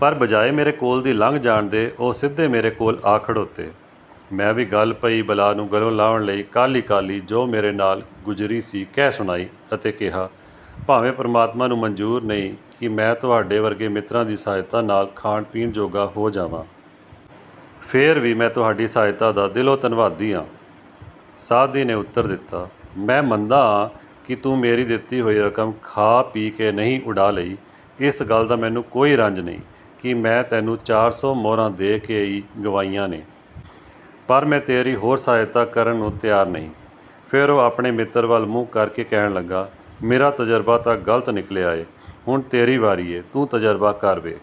ਪਰ ਬਜਾਏ ਮੇਰੇ ਕੋਲ ਦੀ ਲੰਘ ਜਾਣ ਦੇ ਉਹ ਸਿੱਧੇ ਮੇਰੇ ਕੋਲ ਆ ਖੜੋਤੇ। ਮੈਂ ਵੀ ਗਲ ਪਈ ਬਲਾ ਨੂੰ ਗਲੋਂ ਲਾਹੁਣ ਲਈ ਕਾਹਲੀ ਕਾਹਲੀ ਜੋ ਮੇਰੇ ਨਾਲ ਗੁਜ਼ਰੀ ਸੀ ਕਹਿ ਸੁਣਾਈ ਅਤੇ ਕਿਹਾ, "ਭਾਵੇਂ ਪਰਮਾਤਮਾ ਨੂੰ ਮਨਜ਼ੂਰ ਨਹੀਂ ਕਿ ਮੈਂ ਤੁਹਾਡੇ ਵਰਗੇ ਮਿੱਤਰਾਂ ਦੀ ਸਹਾਇਤਾ ਨਾਲ ਖਾਣ ਪੀਣ ਜੋਗਾ ਹੋ ਜਾਵਾਂ। ਫੇਰ ਵੀ ਮੈਂ ਤੁਹਾਡੀ ਸਹਾਇਤਾ ਦਾ ਦਿਲੋਂ ਧੰਨਵਾਦੀ ਆਂ। " ਸਾਅਦੀ ਨੇ ਉੱਤਰ ਦਿੱਤਾ, "ਮੈਂ ਮੰਨਦਾ ਆਂ ਕਿ ਤੂੰ ਮੇਰੀ ਦਿੱਤੀ ਹੋਈ ਰਕਮ ਖਾ ਪੀ ਕੇ ਨਹੀਂ ਉਡਾ ਲਈ। ਇਸ ਗੱਲ ਦਾ ਮੈਨੂੰ ਕੋਈ ਰੰਜ ਨਹੀਂ ਕਿ ਮੈਂ ਤੈਨੂੰ ਚਾਰ ਸੌ ਮੁਹਰਾਂ ਦੇ ਕੇ ਈ ਗਵਾਈਆਂ ਨੇ। ਪਰ ਮੈਂ ਤੇਰੀ ਹੋਰ ਸਹਾਇਤਾ ਕਰਨ ਨੂੰ ਤਿਆਰ ਨਹੀਂ। " ਫੇਰ ਉਹ ਆਪਣੇ ਮਿੱਤਰ ਵਲ ਮੂੰਹ ਕਰ ਕੇ ਕਹਿਣ ਲਗਾ, "ਮੇਰਾ ਤਜ਼ਰਬਾ ਤਾਂ ਗ਼ਲਤ ਨਿਕਲਿਆ ਏ। ਹੁਣ ਤੇਰੀ ਵਾਰੀ ਏ! ਤੂੰ ਤਜਰਬਾ ਕਰ ਵੇਖ!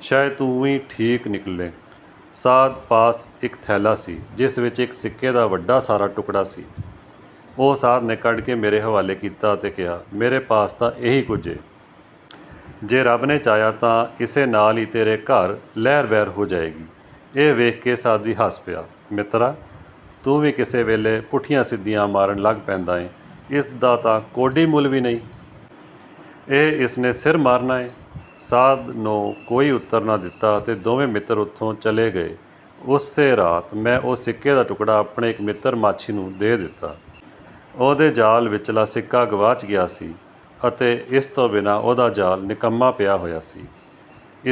ਸ਼ਾਇਦ ਤੂੰ ਈ ਠੀਕ ਨਿਕਲੇਂ। " ਸਾਅਦ ਪਾਸ ਇਕ ਥੈਲਾ ਸੀ ਜਿਸ ਵਿਚ ਇਕ ਸਿੱਕੇ ਦਾ ਵੱਡਾ ਸਾਰਾ ਟੁਕੜਾ ਸੀ। ਉਹ ਸਾਅਦ ਨੇ ਕੱਢ ਕੇ ਮੇਰੇ ਹਵਾਲੇ ਕੀਤਾ ਅਤੇ ਕਿਹਾ, "ਮੇਰੇ ਪਾਸ ਤਾਂ ਏਹੀ ਕੁਝ ਏ। ਜੇ ਰੱਬ ਨੇ ਚਾਹਿਆ ਤਾਂ ਇਸੇ ਨਾਲ ਈ ਤੇਰੇ ਘਰ ਲਹਿਰ ਬਹਿਰ ਹੋ ਜਾਏਗੀ। " ਇਹ ਵੇਖ ਕੇ ਸਾਅਦੀ ਹੱਸ ਪਿਆ, "ਮਿੱਤਰਾ! ਤੂੰ ਵੀ ਕਿਸੇ ਵੇਲੇ ਪੁੱਠੀਆਂ ਸਿੱਧੀਆਂ ਮਾਰਨ ਲੱਗ ਪੈਂਦਾ ਏਂ। ਇਸ ਦਾ ਤਾਂ ਕੌਡੀ ਮੁਲ ਵੀ ਨਹੀਂ। ਇਹ ਇਸ ਨੇ ਸਿਰ ਮਾਰਨਾਂ ਏ? " ਸਾਅਦ ਨੋ ਕੋਈ ਉੱਤਰ ਨਾ ਦਿਤਾ ਅਤੇ ਦੋਵੇਂ ਮਿੱਤਰ ਉਥੋਂ ਚਲੇ ਗਏ। ਉਸੇ ਰਾਤ ਮੈਂ ਉਹ ਸਿੱਕੇ ਦਾ ਟੁਕੜਾ ਆਪਣੇ ਇਕ ਮਿੱਤਰ ਮਾਛੀ ਨੂੰ ਦੇ ਦਿੱਤਾ। ਉਹਦੇ ਜਾਲ ਵਿਚਲਾ ਸਿੱਕਾ ਗਵਾਚ ਗਿਆ ਸੀ ਅਤੇ ਇਸ ਤੋਂ ਬਿਨਾਂ ਉਹਦਾ ਜਾਲ, ਨਿਕੰਮਾ ਪਿਆ ਹੋਇਆ ਸੀ।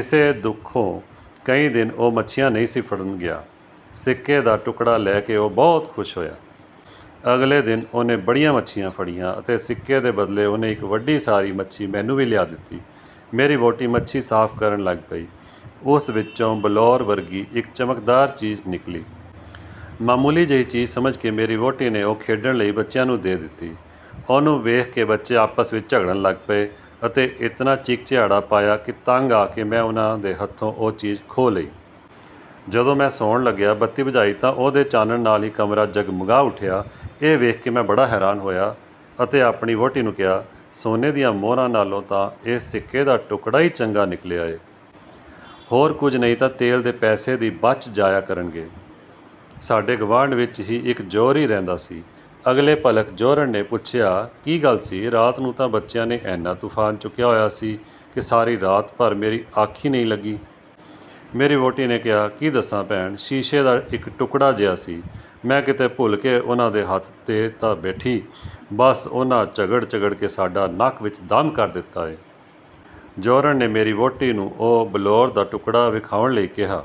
ਇਸੇ ਦੁਖੋਂ ਕਈ ਦਿਨ ਉਹ ਮੱਛੀਆਂ ਨਹੀਂ ਸੀ ਫੜਨ ਗਿਆ। ਸਿੱਕੇ ਦਾ ਟੁਕੜਾ ਲੈ ਕੇ ਉਹ ਬਹੁਤ ਖ਼ੁਸ਼ ਹੋਇਆ। ਅਗਲੇ ਦਿਨ ਉਹਨੇ ਬੜੀਆਂ ਮੱਛੀਆਂ ਫੜੀਆਂ ਅਤੇ ਸਿੱਕੇ ਦੇ ਬਦਲੇ ਉਹਨੇ ਇਕ ਵੱਡੀ ਸਾਰੀ ਮੱਛੀ ਮੈਨੂੰ ਵੀ ਲਿਆ ਦਿਤੀ। ਮੇਰੀ ਵਹੁਟੀ ਮੱਛੀ ਸਾਫ਼ ਕਰਨ ਲਗ ਪਈ। ਉਸ ਵਿਚੋਂ ਬਲੌਰ ਵਰਗੀ ਇਕ ਚਮਕਦਾਰ ਚੀਜ਼ ਨਿਕਲੀ। ਮਾਮੂਲੀ ਜਿਹੀ ਚੀਜ਼ ਸਮਝ ਕੇ ਮੇਰੀ ਵਹੁਟੀ ਨੇ ਉਹ ਖੇਡਣ ਲਈ ਬੱਚਿਆਂ ਨੂੰ ਦੇ ਦਿੱਤੀ। ਉਹਨੂੰ ਵੇਖ ਕੇ ਬੱਚੇ ਆਪਸ ਵਿਚ ਝਗੜਨ ਲੱਗ ਪਏ ਅਤੇ ਇਤਨਾ ਚੀਕ ਚਿਹਾੜਾ ਪਾਇਆ ਕਿ ਤੰਗ ਆ ਕੇ ਮੈਂ ਉਹਨਾਂ ਦੇ ਹੱਥੋਂ ਉਹ ਚੀਜ਼ ਖੋਹ ਲਈ। ਜਦ ਮੈਂ ਸੌਣ ਲਗਿਆਂ ਬੱਤੀ ਬੁਝਾਈ ਤਾਂ ਉਹਦੇ ਚਾਨਣ ਨਾਲ ਹੀ ਕਮਰਾ ਜਗਮਗਾ ਉਠਿਆ ਇਹ ਵੇਖ ਕੇ ਮੈਂ ਬੜਾ ਹੈਰਾਨ ਹੋਇਆ ਅਤੇ ਆਪਣੀ ਵਹੁਟੀ ਨੂੰ ਕਿਹਾ, "ਸੋਨੇ ਦੀਆਂ ਮੁਹਰਾਂ ਨਾਲੋਂ ਤਾਂ ਇਹ ਸਿੱਕੇ ਦਾ ਟੁਕੜਾ ਈ ਚੰਗਾ ਨਿਕਲਿਆ ਏ। ਹੋਰ ਕੁਝ ਨਹੀਂ ਤਾਂ ਤੇਲ ਦੇ ਪੈਸੇ ਦੀ ਬੱਚ ਜਾਇਆ ਕਰਨਗੇ। " ਸਾਡੇ ਗਵਾਂਢ ਵਿਚ ਹੀ ਇਕ ਜੌਹਰੀ ਰਹਿੰਦਾ ਸੀ। ਅਗਲੇ ਭਲਕ ਜੌਹਰਣ ਨੇ ਪੁੱਛਿਆ, "ਕੀ ਗੱਲ ਸੀ, ਰਾਤ ਨੂੰ ਤਾਂ ਬੱਚਿਆਂ ਨੇ ਐਨਾ ਤੁਫ਼ਾਨ ਚੁਕਿਆ ਹੋਇਆ ਸੀ ਕਿ ਸਾਰੀ ਰਾਤ ਭਰ ਮੇਰੀ ਅੱਖ ਈ ਨਹੀਂ ਲੱਗੀ। " ਮੇਰੀ ਵਹੁਟੀ ਨੇ ਕਿਹਾ, "ਕੀ ਦੱਸਾਂ, ਭੈਣ! ਸ਼ੀਸ਼ੇ ਦਾ ਇਕ ਟੁਕੜਾ ਜਿਹਾ ਸੀ। ਮੈਂ ਕਿਤੇ ਭੁਲ ਕੇ ਉਹਨਾਂ ਦੇ ਹੱਥ ਦੇ ਤਾਂ ਬੈਠੀ, ਬੱਸ ਉਹਨਾਂ ਝਗੜ ਝਗੜ ਕੇ ਸਾਡਾ ਨੱਕ ਵਿਚ ਦੱਮ ਕਰ ਦਿੱਤਾ ਏ। " ਜੌਹਰਣ ਨੇ ਮੇਰੀ ਵਹੁਟੀ ਨੂੰ ਉਹ ਬਲੌਰ ਦਾ ਟੁਕੜਾ ਵਿਖਾਉਣ ਲਈ ਕਿਹਾ।